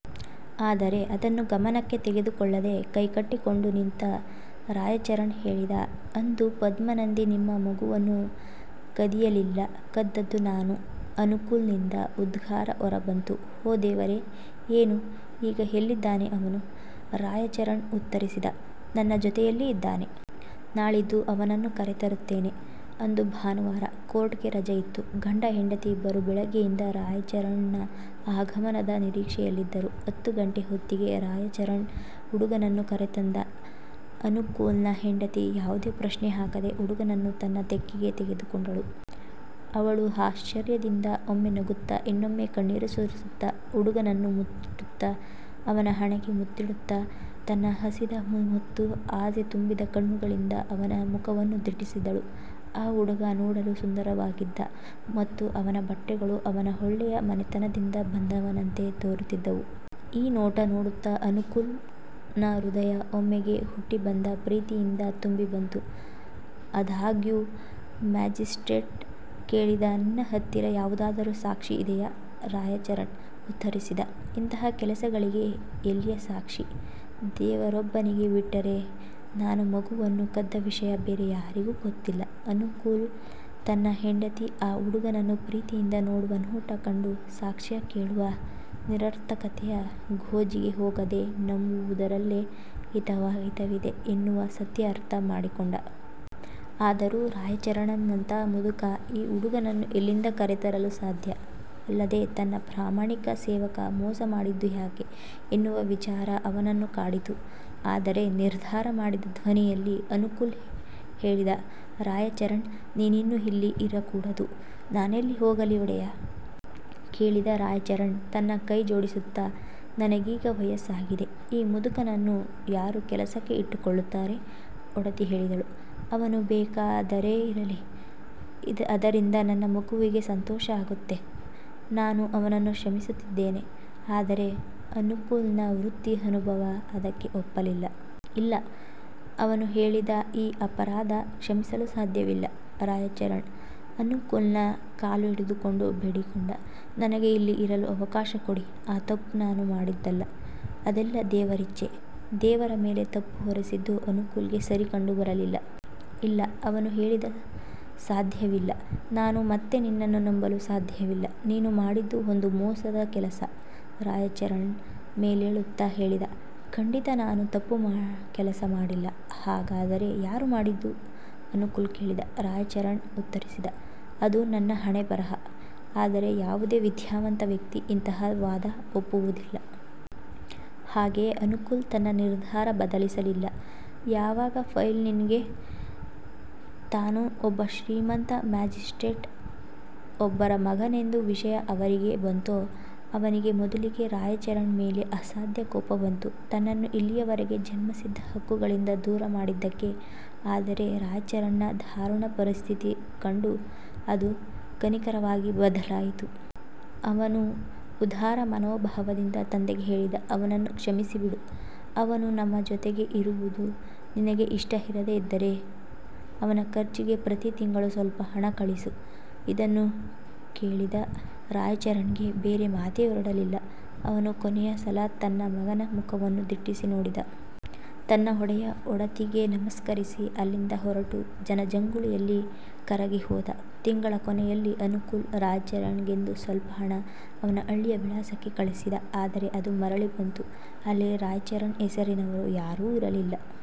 ಆದರೆ ಅದನ್ನು ಗಮನಕ್ಕೆ ತೆಗೆದುಕೊಳ್ಳದೆ, ಕೈ ಕಟ್ಟಿಕೊಂಡು ನಿಂತ ರಾಯಚರಣ್ ಹೇಳಿದ "ಅಂದು ಪದ್ಮ ನದಿ ನಿಮ್ಮ ಮಗುವನ್ನು ಕದಿಯಲಿಲ್ಲ. ಕದ್ದದ್ದು ನಾನು" ಅನುಕೂಲ್ ನಿಂದ ಉದ್ಗಾರ ಹೊರ ಬಂತು "ಓ ದೇವರೇ! ಏನು ಈಗ ಎಲ್ಲಿದ್ದಾನೆ ಅವನು? " ರಾಯಚರಣ್ ಉತ್ತರಿಸಿದ "ನನ್ನ ಜೊತೆಯಲ್ಲಿ ಇದ್ದಾನೆ. ನಾಳಿದ್ದು ಅವನನ್ನು ಕರೆ ತರುತ್ತೇನೆ" ಅಂದು ಭಾನುವಾರ. ಕೋರ್ಟ್ ಗೆ ರಜೆ ಇತ್ತು. ಗಂಡ ಹೆಂಡತಿ ಇಬ್ಬರೂ ಬೆಳಿಗ್ಗೆಯಿಂದ ರಾಯಚರಣ್ ನ ಆಗಮನದ ನೀರಿಕ್ಷೆಯಲ್ಲಿದ್ದರು. ಹತ್ತು ಗಂಟೆ ಹೊತ್ತಿಗೆ, ರಾಯಚರಣ್ ಹುಡುಗನನ್ನು ಕರೆ ತಂದ. ಅನುಕೂಲ್ ನ ಹೆಂಡತಿ, ಯಾವುದೇ ಪ್ರಶ್ನೆ ಹಾಕದೇ, ಹುಡುಗನನ್ನು ತನ್ನ ತೆಕ್ಕೆಗೆ ತೆಗೆದುಕೊಂಡಳು. ಅವಳು ಆಶ್ಚರ್ಯದಿಂದ, ಒಮ್ಮೆ ನಗುತ್ತ, ಇನ್ನೊಮ್ಮೆ ಕಣ್ಣೀರು ಸುರಿಸುತ್ತ, ಹುಡುಗನನ್ನು ಮುಟ್ಟುತ್ತ, ಅವನ ಹಣೆಗೆ ಮುತ್ತಿಡುತ್ತ, ತನ್ನ ಹಸಿದ ಮತ್ತು ಆಸೆ ತುಂಬಿದ ಕಣ್ಣುಗಳಿಂದ ಅವನ ಮುಖವನ್ನು ದಿಟ್ಟಿಸಿದಳು. ಆ ಹುಡುಗ ನೋಡಲು ಸುಂದರವಾಗಿದ್ದ ಮತ್ತು ಅವನ ಬಟ್ಟೆಗಳು ಅವನು ಒಳ್ಳೆಯ ಮನೆತನದಿಂದ ಬಂದವನಂತೆ ತೋರುತ್ತಿದ್ದವು. ಈ ನೋಟ ನೋಡುತ್ತ ಅನುಕೂಲ್ ನ ಹೃದಯ ಒಮ್ಮೆಗೆ ಹುಟ್ಟಿ ಬಂದ ಪ್ರೀತಿಯಿಂದ ತುಂಬಿ ಬಂತು. ಆದಾಗ್ಯೂ ಮ್ಯಾಜಿಸ್ಟ್ರೇಟ್ ಕೇಳಿದ "ನಿನ್ನ ಹತ್ತಿರ ಯಾವುದಾದರೂ ಸಾಕ್ಷಿ ಇದೆಯಾ? " ರಾಯಚರಣ್ ಉತ್ತರಿಸಿದ "ಇಂತಹ ಕೆಲಸಗಳಿಗೆ ಎಲ್ಲಿಯ ಸಾಕ್ಷಿ? ದೇವರೋಬ್ಬನಿಗೆ ಬಿಟ್ಟರೆ, ನಾನು ಮಗುವನ್ನು ಕದ್ದ ವಿಷಯ ಬೇರೆ ಯಾರಿಗೂ ಗೊತ್ತಿಲ್ಲ" ಅನುಕೂಲ್ ತನ್ನ ಹೆಂಡತಿ ಆ ಹುಡುಗನನ್ನು ಪ್ರೀತಿಯಿಂದ ನೋಡುವ ನೋಟ ಕಂಡು, ಸಾಕ್ಷ್ಯ ಕೇಳುವ ನಿರರ್ಥಕತೆಯ ಗೋಜಿಗೆ ಹೋಗದೇ ನಂಬುವುದರಲ್ಲೇ ಹಿತವಿದೆ ಎನ್ನುವ ಸತ್ಯ ಅರ್ಥ ಮಾಡಿಕೊಂಡ. ಆದರೂ ರಾಯಚರಣ್ ನಂಥ ಮುದುಕ ಈ ಹುಡುಗನ್ನು ಎಲ್ಲಿಂದ ಕರೆ ತರಲು ಸಾಧ್ಯ? ಅಲ್ಲದೆ ತನ್ನ ಪ್ರಾಮಾಣಿಕ ಸೇವಕ ಮೋಸ ಮಾಡಿದ್ದು ಯಾಕೆ? ಎನ್ನುವ ವಿಚಾರ ಅವನನ್ನು ಕಾಡಿತು. "ಆದರೆ" ನಿರ್ಧಾರ ಮಾಡಿದ ಧ್ವನಿಯಲ್ಲಿ ಅನುಕೂಲ್ ಹೇಳಿದ "ರಾಯಚರಣ್, ನೀನಿನ್ನೂ, ಇಲ್ಲಿ ಇರಕೂಡದು" "ನಾನೆಲ್ಲಿ ಹೋಗಲಿ, ಒಡೆಯ? " ಕೇಳಿದ ರಾಯಚರಣ್ ತನ್ನ ಕೈ ಜೋಡಿಸುತ್ತ "ನನಗೀಗ ವಯಸ್ಸಾಗಿದೆ. ಈ ಮುದುಕನನ್ನು ಯಾರು ಕೆಲಸಕ್ಕೆ ಇಟ್ಟು ಕೊಳ್ಳುತ್ತಾರೆ? " ಒಡತಿ ಹೇಳಿದಳು "ಅವನು ಬೇಕಾದರೆ ಇರಲಿ. ಅದರಿಂದ ನನ್ನ ಮಗುವಿಗೆ ಸಂತೋಷ ಆಗುತ್ತೆ. ನಾನು ಅವನನ್ನು ಕ್ಷಮಿಸಿದ್ದೇನೆ" ಆದರೆ ಅನುಕೂಲ್ ನ ವೃತ್ತಿ ಅನುಭವ ಅದಕ್ಕೆ ಒಪ್ಪಲಿಲ್ಲ. "ಇಲ್ಲ" ಅವನು ಹೇಳಿದ "ಈ ಅಪರಾಧ ಕ್ಷಮಿಸಲು ಸಾಧ್ಯವಿಲ್ಲ" ರಾಯಚರಣ್ ಅನುಕೂಲ್ ನ ಕಾಲು ಹಿಡಿದುಕೊಂಡು ಬೇಡಿಕೊಂಡ "ನನಗೆ ಇಲ್ಲಿ ಇರಲು ಅವಕಾಶ ಕೊಡಿ. ಆ ತಪ್ಪು ನಾನು ಮಾಡಿದ್ದಲ್ಲ. ಅದೆಲ್ಲ ದೇವರಿಚ್ಚೆ" ದೇವರ ಮೇಲೆ ತಪ್ಪು ಹೊರಿಸಿದ್ದು ಅನುಕೂಲ್ ಗೆ ಸರಿ ಕಂಡು ಬರಲಿಲ್ಲ. "ಇಲ್ಲ" ಅವನು ಹೇಳಿದ "ಸಾಧ್ಯವಿಲ್ಲ. ನಾನು ಮತ್ತೆ ನಿನ್ನನ್ನು ನಂಬಲು ಸಾಧ್ಯವಿಲ್ಲ. ನೀನು ಮಾಡಿದ್ದು ಒಂದು ಮೋಸದ ಕೆಲಸ" ರಾಯಚರಣ್ ಮೇಲೇಳುತ್ತ ಹೇಳಿದ "ಖಂಡಿತ ನಾನು ತಪ್ಪು ಕೆಲಸ ಮಾಡಿಲ್ಲ" "ಹಾಗಾದರೆ ಯಾರು ಮಾಡಿದ್ದು? " ಅನುಕೂಲ್ ಕೇಳಿದ. ರಾಯಚರಣ್ ಉತ್ತರಿಸಿದ "ಅದು ನನ್ನ ಹಣೆ ಬರಹ" ಆದರೆ ಯಾವುದೇ ವಿದ್ಯಾವಂತ ವ್ಯಕ್ತಿ ಇಂತಹ ವಾದ ಒಪ್ಪುವುದಿಲ್ಲ. ಹಾಗೆಯೇ ಅನುಕೂಲ್ ತನ್ನ ನಿರ್ಧಾರ ಬದಲಿಸಲಿಲ್ಲ. ಯಾವಾಗ ಫೈಲ್ನ ನಿಗೆ ತಾನು ಒಬ್ಬ ಶ್ರೀಮಂತ ಮ್ಯಾಜಿಸ್ಟ್ರೇಟ್ ಒಬ್ಬರ ಮಗನೆಂಬ ವಿಷಯ ಅರಿವಿಗೆ ಬಂತೋ, ಅವನಿಗೆ ಮೊದಲಿಗೆ ರಾಯಚರಣ್ ಮೇಲೆ ಅಸಾಧ್ಯ ಕೋಪ ಬಂತು, ತನ್ನನ್ನು ಇಲ್ಲಿಯವರೆಗೆ ಜನ್ಮಸಿದ್ಧ ಹಕ್ಕುಗಳಿಂದ ದೂರ ಮಾಡಿದ್ದಕ್ಕೆ. ಆದರೆ ರಾಯಚರಣ್ ನ ದಾರುಣ ಪರಿಸ್ಥಿತಿ ಕಂಡು ಅದು ಕನಿಕರವಾಗಿ ಬದಲಾಯಿತು. ಅವನು ಉದಾರ ಮನೋಭಾವದಿಂದ ತಂದೆಗೆ ಹೇಳಿದ "ಅವನನ್ನು ಕ್ಷಮಿಸಿಬಿಡು. ಅವನು ನಮ್ಮ ಜೊತೆಗೆ ಇರುವುದು ನಿನಗೆ ಇಷ್ಟ ಇರದೇ ಇದ್ದರೇ, ಅವನ ಖರ್ಚಿಗೆ ಪ್ರತಿ ತಿಂಗಳು ಸ್ವಲ್ಪ ಹಣ ಕಳಿಸು" ಇದನ್ನು ಕೇಳಿದ ರಾಯಚರಣ್ ಗೆ ಬೇರೆ ಮಾತೇ ಹೊರಡಲಿಲ್ಲ. ಅವನು ಕೊನೆಯ ಸಲ ತನ್ನ ಮಗನ ಮುಖವನ್ನು ದಿಟ್ಟಿಸಿ ನೋಡಿದ. ತನ್ನ ಒಡೆಯ, ಒಡತಿಗೆ ನಮಸ್ಕರಿಸಿ ಅಲ್ಲಿಂದ ಹೊರಟು ಜನ ಜಂಗುಳಿಯಲ್ಲಿ ಕರಗಿ ಹೋದ. ತಿಂಗಳ ಕೊನೆಯಲ್ಲಿ ಅನುಕೂಲ್ ರಾಯಚರಣ್ ಗೆಂದು ಸ್ವಲ್ಪ ಹಣ ಅವನ ಹಳ್ಳಿಯ ವಿಳಾಸಕ್ಕೆ ಕಳಿಸಿದ. ಆದರೆ ಅದು ಮರಳಿ ಬಂತು. ಅಲ್ಲಿ ರಾಯಚರಣ್ ಹೆಸರಿನವರು ಯಾರೂ ಇರಲಿಲ್ಲ.